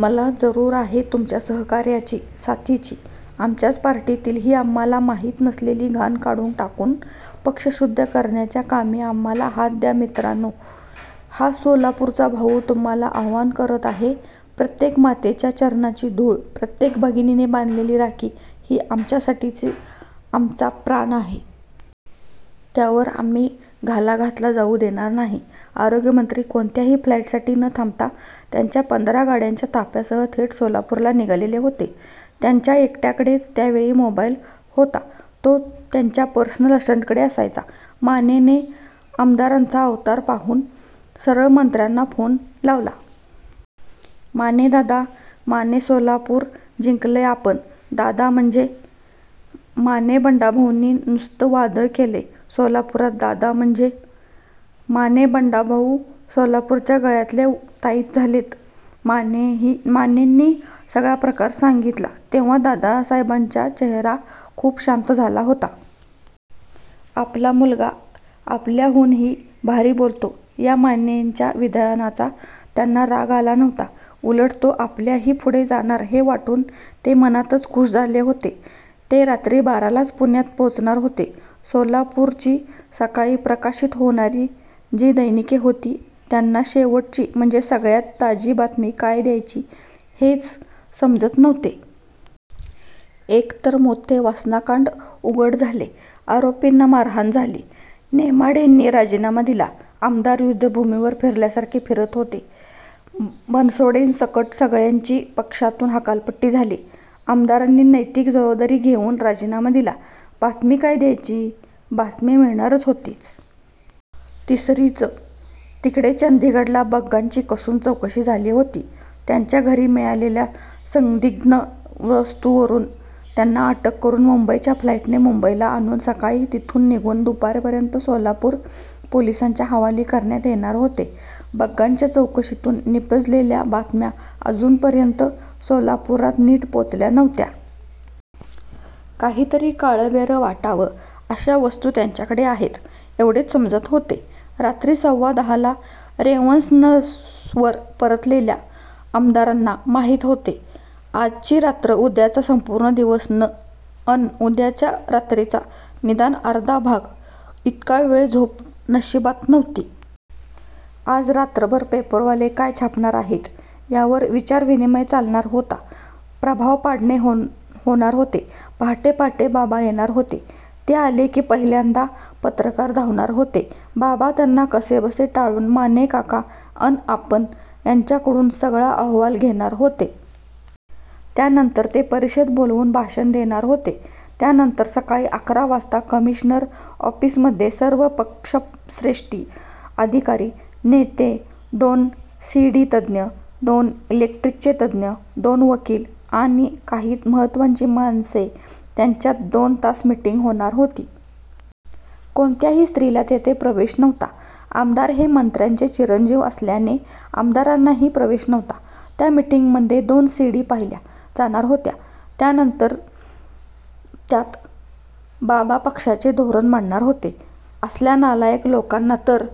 मला जरूर आहे तुमच्या सहकार्याची, साथीची! आमच्याच पार्टीतील ही आम्हाला माहीत नसलेली घाण काढून टाकून पक्ष शुद्ध करण्याच्या कामी आम्हाला हात द्या मित्रांनो! हा सोलापूरचा भाऊ तुम्हाला आवाहन करत आहे. प्रत्येक मातेच्या चरणांची धूळ, प्रत्येक भगिनीने बांधलेली राखी ही आमच्यासाठी आमचा प्राण आहे. त्यावर आम्ही घाला घातला जाऊ देणार नाही... आरोग्यमंत्री कोणत्याही फ़्लाईटसाठी न थांबता त्यांच्या पंधरा गाड्यांच्या ताफ़्यासह थेट सोलापूरला निघालेले होते. त्यांच्या एकट्य़ाकडेच त्या वेळी मोबाईल होता. तो त्यांच्या पर्सनल असिस्टंटकडे असायचा. मानेने आमदारांचा अवतार पाहून सरळ मंत्र्यांना फ़ोन लावला. माने दादा, माने सोलापूर जिंकलंय आपण.. दादा म्हणजे? माने बंडाभाऊंनी नुसतं वादळ केलय सोलापुरात दादा म्हणजे?? माने बंडाभाऊ सोलापुरच्या गळ्यातले ताईत झालेत. मानेंनी सगळा प्रकार सांगीतला तेव्हा दादासाहेबांच्या चेहरा खूपच शांत झाला होता. आपला मुलगा आपल्याहूनही भारी बोलतो या मानेच्या विधानाचा त्यांना राग आला नव्हता. उलट तो आपल्याही पुढे जाणार हे वाटून ते मनातच खुष झाले होते. ते रात्री बारालाच पुण्याला पोचणार होते. सोलापूरची सकाळी प्रकाशित होणारी जी दैनिके होती त्यांना शेवटची, म्हणजे सगळ्यात ताजी बातमी काय द्यायची हेच समजत नव्हते. एकतर मोठे वासनाकांड उघड झाले. आरोपींना मारहाण झाली. नेमाडेंनी राजीनामा दिला. आमदार युद्धभूमीवर फ़िरल्यासारखे फ़िरत होते. बनसोडेंसकट सगळ्यांची पक्षातून हकालपट्टी झाली. आमदारांनी नैतिक जबाबदारी घेऊन राजीनामा दिला. बातमी काय द्यायची? बातमी मिळणार होतीच. तिसरीच! तिकडे चंदीगडला बग्गाची कसून चौकशी झाली होती. त्याच्या घरी मिळालेल्या संदिग्ध वस्तूंवरून त्याला अटक करून मुंबईच्या फ़्लाईटने मुंबईला आणून सकाळी तिथून निघून दुपारपर्यंत सोलापूर पोलिसांच्या हवाली करण्यात येणार होते. बग्गाच्या चौकशीतून निपजलेल्या बातम्या अजूनपर्यंत सोलापुरात नीट पोचल्या नव्हत्या. काहीतरी काळबेरं वाटावं अशा वस्तू त्याच्याकडे आहेत एवढेच समजत होते. रात्री सव्वा दहाला रेव्हन्सवर परतलेल्या आमदारांना माहीत होते. आजची रात्र, उद्याचा संपूर्ण दिवस अन उद्याच्या रात्रीचा निदान अर्धा भाग, इतका वेळ झोप नशीबात नव्हती. आज रात्रभर पेपरवाले काय छापणार आहेत यावर विचारविनिमय चालणार होता. प्रभाव पाडणे होणार होते. पहाटे पहाटे बाबा येणार होते. ते आले की पहिल्यांदा पत्रकार धावणार होते. बाबा त्यांना कसेबसे टाळून मानेकाका अन आपण यांच्याकडून सगळा अहवाल घेणार होते. त्यानंतर ते परिषद बोलवून भाषण देणार होते. त्यानंतर सकाळी अकरा वाजता कमिशनर ऒफ़ीसमधे सर्व पक्षश्रेष्ठी, अधिकारी, नेते, दोन सी. डी. तञ, दोन इलेक्ट्रॊनिकचे तञ, दोन वकील आणि काही महत्वाची माणसे यांच्यात दोन तास मीटिंग होणार होती. कोणत्याही स्त्रीला तेथे प्रवेश नव्हता. आमदार हे मंत्र्यांचे चिरंजीव असल्याने आमदारांनाही प्रवेश नव्हता. त्या मीटिंगमधे दोन सी. डी. पाहिल्या जाणार होत्या. नंतर त्यात बाबा पक्षाचे धोरण मांडणार होते. असल्या नालायक लोकांना तर--